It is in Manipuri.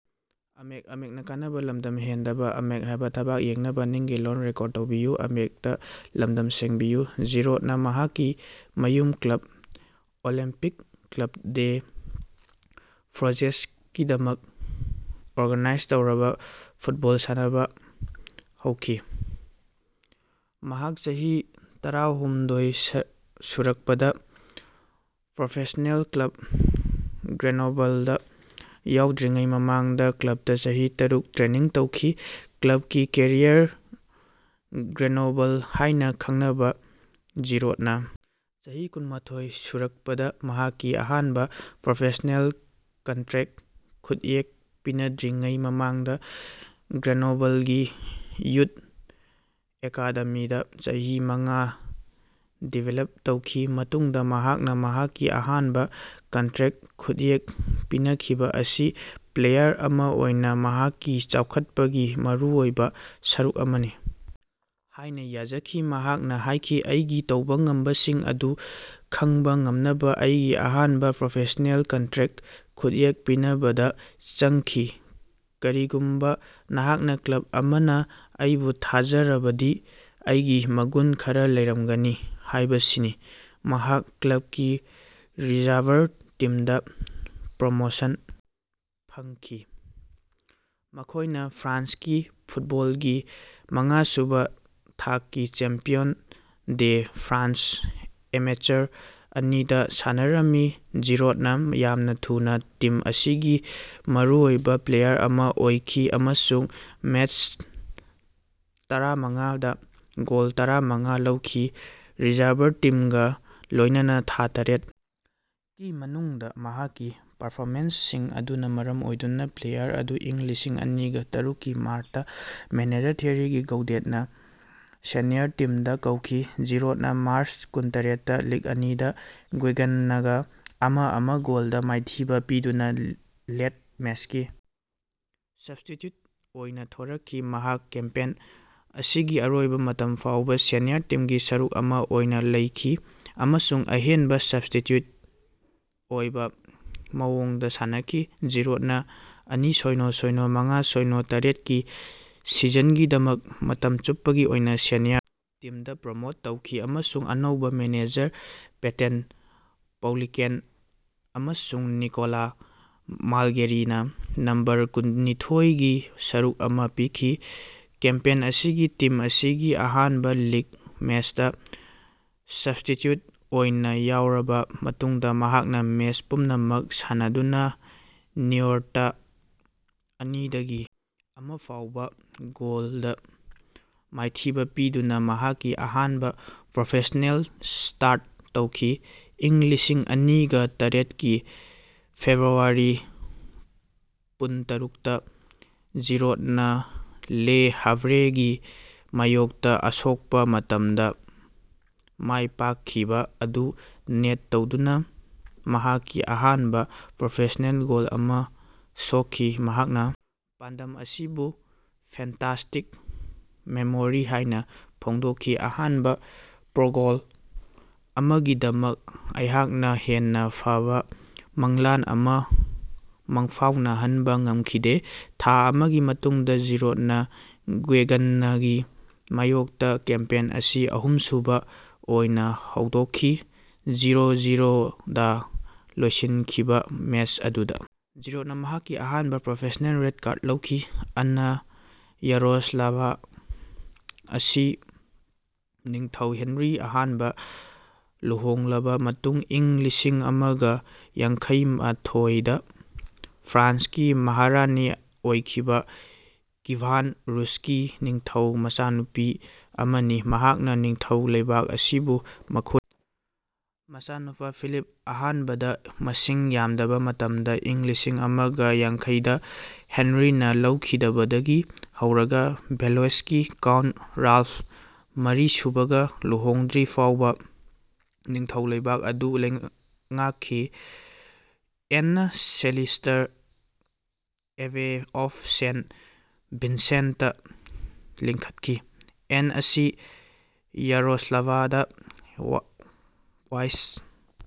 ꯖꯤꯔꯣꯗꯅꯥ ꯃꯍꯥꯛꯀꯤ ꯃꯌꯨꯝ ꯀ꯭ꯂꯕ ꯑꯣꯂꯤꯝꯄꯤꯛ ꯀ꯭ꯂꯕ ꯗꯦ ꯐ꯭ꯔꯣꯖꯦꯁꯀꯤꯗꯃꯛ ꯑꯣꯔꯒꯥꯅꯥꯏꯖ ꯇꯧꯔꯕ ꯐꯨꯠꯕꯣꯜ ꯁꯥꯟꯅꯕꯥ ꯍꯧꯈꯤ꯫ ꯃꯍꯥꯛ ꯆꯍꯤ ꯇꯔꯥꯍꯨꯝꯗꯣꯢ ꯁꯨꯔꯛꯄꯗꯥ ꯄ꯭ꯔꯣꯐꯦꯁ꯭ꯅꯦꯜ ꯀ꯭ꯂꯕ ꯒ꯭ꯔꯦꯅꯣꯕꯜꯗꯥ ꯌꯥꯎꯗ꯭ꯔꯤꯉꯩ ꯃꯃꯥꯡꯗꯥ ꯀ꯭ꯂꯕꯇꯥ ꯆꯍꯤ ꯇꯔꯨꯛ ꯇ꯭ꯔꯦꯅꯤꯡ ꯇꯧꯈꯤ꯫ ꯀ꯭ꯂꯕꯀꯤ ꯀꯦꯔꯤꯌꯔ ꯒ꯭ꯔꯦꯅꯣꯕꯜ ꯍꯥꯏꯅꯥ ꯈꯪꯅꯕ ꯖꯤꯔꯣꯗꯅꯥ ꯆꯍꯤ ꯀꯨꯟꯃꯊꯣꯢ ꯁꯨꯔꯛꯄꯗꯥ ꯃꯍꯥꯛꯀꯤ ꯑꯍꯥꯟꯕꯥ ꯄ꯭ꯔꯣꯐꯦꯁ꯭ꯅꯦꯜ ꯀꯟꯇ꯭ꯔꯦꯛ ꯈꯨꯠꯌꯦꯛ ꯄꯤꯅꯗ꯭ꯔꯤꯉꯩ ꯃꯃꯥꯡꯗꯥ ꯒ꯭ꯔꯦꯅꯣꯕꯜꯒꯤ ꯌꯨꯊ ꯑꯦꯀꯥꯗꯦꯃꯤꯗꯥ ꯆꯍꯤ ꯃꯉꯥ ꯗꯤꯕꯦꯂꯞ ꯇꯧꯈꯤ꯫ ꯃꯇꯨꯡꯗꯥ ꯃꯍꯥꯛꯅꯥ ꯃꯍꯥꯛꯀꯤ ꯑꯍꯥꯟꯕꯥ ꯀꯟꯇ꯭ꯔꯦꯛ ꯈꯨꯠꯌꯦꯛ ꯄꯤꯅꯈꯤꯕꯥ ꯑꯁꯤ ꯄ꯭ꯂꯦꯌꯥꯔ ꯑꯃꯥ ꯑꯣꯏꯅꯥ ꯃꯍꯥꯛꯀꯤ ꯆꯥꯎꯈꯠꯄꯒꯤ ꯃꯔꯨꯑꯣꯏꯕꯥ ꯁꯔꯨꯛ ꯑꯃꯅꯤ ꯍꯥꯏꯅꯥ ꯌꯥꯖꯈꯤ, ꯃꯍꯥꯛꯅꯥ ꯍꯥꯏꯈꯤ ꯑꯩꯒꯤ ꯇꯧꯕꯥ ꯉꯝꯕꯁꯤꯡ ꯑꯗꯨ ꯈꯪꯕꯥ ꯉꯝꯅꯕꯥ ꯑꯩꯒꯤ ꯑꯍꯥꯟꯕꯥ ꯄ꯭ꯔꯣꯐꯦꯁ꯭ꯅꯦꯜ ꯀꯟꯇ꯭ꯔꯦꯛ ꯈꯨꯠꯌꯦꯛ ꯄꯤꯅꯕꯗꯥ ꯆꯪꯈꯤ꯫ ꯀꯔꯤꯒꯨꯝꯕꯥ ꯅꯍꯥꯛꯅꯥ ꯀ꯭ꯂꯕ ꯑꯃꯅꯥ ꯑꯩꯕꯨ ꯊꯥꯖꯔꯕꯗꯤ, ꯑꯩꯒꯤ ꯃꯒꯨꯟ ꯈꯔꯥ ꯂꯩꯔꯝꯒꯅꯤ ꯍꯥꯏꯕꯁꯤꯅꯤ꯫ ꯃꯍꯥꯛ ꯀ꯭ꯂꯕꯀꯤ ꯔꯤꯖꯔꯚꯔ ꯇꯤꯝꯗꯥ ꯄ꯭ꯔꯣꯃꯣꯁꯟ ꯐꯪꯈꯤ, ꯃꯈꯣꯏꯅꯥ ꯐ꯭ꯔꯥꯟꯁꯀꯤ ꯐꯨꯠꯕꯣꯜꯒꯤ ꯃꯉꯥꯁꯨꯕꯥ ꯊꯥꯛꯀꯤ ꯆꯦꯝꯄꯤꯌꯟ ꯗꯦ ꯐ꯭ꯔꯥꯟꯁ ꯑꯦꯃꯦꯆꯔ ꯑꯅꯤꯗꯥ ꯁꯥꯟꯅꯔꯝꯃꯤ꯫ ꯖꯤꯔꯣꯗꯅꯥ ꯌꯥꯝꯅꯥ ꯊꯨꯅꯥ ꯇꯤꯝ ꯑꯁꯤꯒꯤ ꯃꯔꯨꯑꯣꯏꯕꯥ ꯄ꯭ꯂꯦꯌꯥꯔ ꯑꯃꯥ ꯑꯣꯏꯈꯤ ꯑꯃꯁꯨꯡ ꯃꯦꯆ ꯇꯔꯥꯃꯉꯥ ꯗꯥ ꯒꯣꯜ ꯇꯔꯥꯃꯉꯥ ꯂꯧꯈꯤ꯫ ꯔꯤꯖꯔꯚꯔ ꯇꯤꯝꯒꯥ ꯂꯣꯏꯅꯅꯥ ꯊꯥ ꯇꯔ‌ꯦꯠ ꯀꯤ ꯃꯅꯨꯡꯗꯥ ꯃꯍꯥꯛꯀꯤ ꯄꯔꯐꯣꯃꯦꯟꯁꯁꯤꯡ ꯑꯗꯨꯅꯥ ꯃꯔꯝ ꯑꯣꯏꯗꯨꯅꯥ ꯄ꯭ꯂꯦꯌꯥꯔ ꯑꯗꯨ ꯢꯪ ꯂꯤꯁꯤꯡꯑꯅꯤꯒ ꯇꯔꯨꯛ ꯀꯤ ꯃꯥꯔꯇꯥ ꯃꯦꯅꯦꯖꯔ ꯊꯤꯌꯦꯔꯤ ꯒꯧꯗꯦꯠꯅꯥ ꯁꯦꯅꯤꯌꯔ ꯇꯤꯝꯗꯥ ꯀꯧꯈꯤ꯫ ꯖꯤꯔꯣꯗꯅꯥ ꯃꯥꯔꯆ ꯀꯨꯟꯇꯔꯦꯠꯇꯥ ꯂꯤꯒ ꯑꯅꯤ ꯗꯥ ꯒꯨꯌꯦꯒꯟꯅꯒꯥ ꯑꯃ-ꯑꯃ ꯒꯣꯜꯗꯥ ꯃꯥꯏꯊꯤꯕꯥ ꯄꯤꯗꯨꯅꯥ ꯂꯦꯠ ꯃꯦꯆꯀꯤ ꯁꯞꯁ꯭ꯇꯤꯇ꯭ꯌꯨꯠ ꯑꯣꯏꯅꯥ ꯊꯣꯔꯛꯈꯤ꯫ ꯃꯍꯥꯛ ꯀꯦꯝꯄꯦꯟ ꯑꯁꯤꯒꯤ ꯑꯔꯣꯏꯕꯥ ꯃꯇꯝ ꯐꯥꯎꯕꯥ ꯁꯦꯅꯤꯌꯔ ꯇꯤꯝꯒꯤ ꯁꯔꯨꯛ ꯑꯃꯥ ꯑꯣꯏꯅꯥ ꯂꯩꯈꯤ ꯑꯃꯁꯨꯡ ꯑꯍꯦꯟꯕꯥ ꯁꯞꯁ꯭ꯇꯤꯇ꯭ꯌꯨꯠ ꯑꯣꯏꯕꯥ ꯃꯑꯣꯡꯗꯥ ꯁꯥꯟꯅꯈꯤ꯫ ꯖꯤꯔꯣꯗꯅꯥ ꯑꯅꯤ ꯁꯣꯢꯅꯣ ꯁꯣꯢꯅꯣ ꯃꯉꯥ ꯁꯣꯢꯅꯣ ꯇꯔꯦꯠꯀꯤ ꯁꯤꯖꯟꯒꯤꯗꯃꯛ ꯃꯇꯝ ꯆꯨꯞꯄꯒꯤ ꯑꯣꯏꯅꯥ ꯁꯦꯅꯤꯌꯔ ꯇꯤꯝꯗꯥ ꯄ꯭ꯔꯣꯃꯣꯠ ꯇꯧꯈꯤ ꯑꯃꯁꯨꯡ ꯑꯅꯧꯕꯥ ꯃꯦꯅꯦꯖꯔ ꯄꯦꯇꯟ ꯄꯧꯂꯤꯀꯦꯟ ꯑꯃꯁꯨꯡ ꯅꯤꯀꯣꯂꯥ ꯃꯥꯜꯒꯦꯔꯤꯅꯥ ꯅꯝꯕꯔ ꯀꯨꯟꯅꯤꯊꯣꯢꯒꯤ ꯁꯔꯨꯛ ꯑꯃꯥ ꯄꯤꯈꯤ꯫ ꯀꯦꯝꯄꯦꯟ ꯑꯁꯤꯒꯤ ꯇꯤꯝ ꯑꯁꯤꯒꯤ ꯑꯍꯥꯟꯕꯥ ꯂꯤꯒ ꯃꯦꯆꯇꯥ ꯁꯕ꯭ꯁ꯭ꯇꯤꯆ꯭ꯌꯨꯠ ꯑꯣꯏꯅꯥ ꯌꯥꯎꯔꯕꯥ ꯃꯇꯨꯡꯗꯥ ꯃꯍꯥꯛꯅꯥ ꯃꯦꯆ ꯄꯨꯝꯅꯃꯛ ꯁꯥꯟꯅꯗꯨꯅꯥ ꯅꯤꯑꯣꯔꯇꯇꯥ ꯑꯅꯤꯗꯒꯤ ꯑꯃ ꯐꯥꯎꯕ ꯒꯣꯜꯗꯥ ꯃꯥꯏꯊꯤꯕꯥ ꯄꯤꯗꯨꯅꯥ ꯃꯍꯥꯛꯀꯤ ꯑꯍꯥꯟꯕꯥ ꯄ꯭ꯔꯣꯐꯦꯁ꯭ꯅꯦꯜ ꯁ꯭ꯇꯥꯔꯠ ꯇꯧꯈꯤ꯫ ꯢꯪ ꯂꯤꯁꯤꯡꯑꯅꯤꯒ ꯇꯔꯦꯠ ꯀꯤ ꯐꯦꯕ꯭ꯔꯨꯋꯥꯔꯤ ꯄꯨꯟꯇꯔꯨꯛꯇꯥ ꯖꯤꯔꯣꯗꯅꯥ ꯂꯦ ꯍꯥꯚ꯭ꯔꯦꯒꯤ ꯃꯥꯌꯣꯛꯇꯥ ꯑꯁꯣꯛꯄꯥ ꯃꯇꯝꯗꯥ ꯃꯥꯏꯄꯥꯛꯈꯤꯕꯥ ꯑꯗꯨ ꯅꯦꯠ ꯇꯧꯗꯨꯅꯥ ꯃꯍꯥꯛꯀꯤ ꯑꯍꯥꯟꯕꯥ ꯄ꯭ꯔꯣꯐꯦꯁ꯭ꯅꯦꯜ ꯒꯣꯜ ꯑꯃꯥ ꯁꯣꯛꯈꯤ꯫ ꯃꯍꯥꯛꯅꯥ ꯄꯥꯟꯗꯝ ꯑꯁꯤꯕꯨ ꯐꯦꯟꯇꯥꯁꯇꯤꯛ ꯃꯦꯃꯣꯔꯤ ꯍꯥꯏꯅꯥ ꯐꯣꯡꯗꯣꯛꯈꯤ꯫ ꯑꯍꯥꯟꯕꯥ ꯄ꯭ꯔꯣ ꯒꯣꯜ ꯑꯃꯒꯤꯗꯃꯛ ꯑꯩꯍꯥꯛꯅꯥ ꯍꯦꯟꯅꯥ ꯐꯕꯥ ꯃꯪꯂꯥꯟ ꯑꯃꯥ ꯃꯪꯐꯥꯎꯅꯍꯟꯕꯥ ꯉꯝꯈꯤꯗꯦ꯫ ꯊꯥ ꯑꯃꯒꯤ ꯃꯇꯨꯡꯗꯥ ꯖꯤꯔꯣꯗꯅꯥ ꯒꯨꯌꯦꯒꯟꯅꯒꯤ ꯃꯥꯌꯣꯛꯇꯥ ꯀꯦꯝꯄꯦꯟ ꯑꯁꯤ ꯑꯍꯨꯝꯁꯨꯕꯥ ꯑꯣꯏꯅꯥ ꯍꯧꯗꯣꯛꯈꯤ꯫ ꯖꯤꯔꯣ-ꯖꯤꯔꯣ ꯗꯥ ꯂꯣꯏꯁꯤꯟꯈꯤꯕꯥ ꯃꯦꯆ ꯑꯗꯨꯗꯥ ꯖꯤꯔꯣꯗꯅꯥ ꯃꯍꯥꯛꯀꯤ ꯑꯍꯥꯟꯕꯥ ꯄ꯭ꯔꯣꯐꯦꯁ꯭ꯅꯦꯜ ꯔꯦꯗ ꯀꯥꯔꯗ ꯂꯧꯈꯤ꯫ ꯑꯟꯅꯥ ꯌꯥꯔꯣꯁ꯭ꯂꯥꯚꯅꯥ (ꯁꯤ) ꯑꯁꯤ ꯅꯤꯡꯊꯧ ꯍꯦꯟꯔꯤ ꯑꯍꯥꯟꯕꯒ ꯂꯨꯍꯣꯡꯂꯕ ꯃꯇꯨꯡꯗ ꯏꯪ ꯂꯤꯁꯤꯡꯑꯃꯒ ꯌꯥꯡꯈꯩꯃꯊꯣꯢ ꯗ ꯐ꯭ꯔꯥꯟꯁꯀꯤ ꯃꯍꯥꯔꯥꯅꯤ ꯑꯣꯏꯈꯤꯕ ꯀꯤꯚꯥꯟ ꯔꯨꯁꯀꯤ ꯅꯤꯡꯊꯧ ꯃꯆꯥꯅꯨꯄꯤ ꯑꯃꯅꯤ꯫ ꯃꯍꯥꯛꯅ ꯅꯤꯡꯊꯧ ꯂꯩꯕꯥꯛ ꯑꯁꯤꯕꯨ ꯃꯈꯣꯏꯒꯤ ꯃꯆꯥꯅꯨꯄꯥ ꯐꯤꯂꯤꯞ ꯑꯍꯥꯟꯕꯒꯤ ꯃꯁꯤꯡ ꯌꯥꯝꯗꯕ ꯃꯇꯝꯗ ꯏꯪ ꯂꯤꯁꯤꯡꯑꯃꯒ ꯌꯥꯡꯈꯩꯗ ꯍꯦꯟꯔꯤꯅ ꯂꯩꯈꯤꯗꯕꯗꯒꯤ ꯍꯧꯔꯒ ꯚꯦꯂꯣꯏꯁꯀꯤ ꯀꯥꯎꯟꯠ ꯔꯥꯜꯐ ꯃꯔꯤꯁꯨꯕꯒ ꯂꯨꯍꯣꯡꯗ꯭ꯔꯤꯐꯥꯎꯕ ꯅꯤꯡꯊꯧ ꯂꯩꯕꯥꯛ ꯑꯗꯨ ꯂꯩꯉꯥꯛꯈꯤ꯫ ꯑꯦꯟꯅ Senlis abbey of Saint Vincent ꯂꯤꯡꯈꯠꯈꯤ꯫ ꯑꯦꯟ ꯑꯁꯤ ꯌꯥꯔꯣꯁ꯭ꯂꯥꯚ ꯗ ꯋꯥꯏꯖ,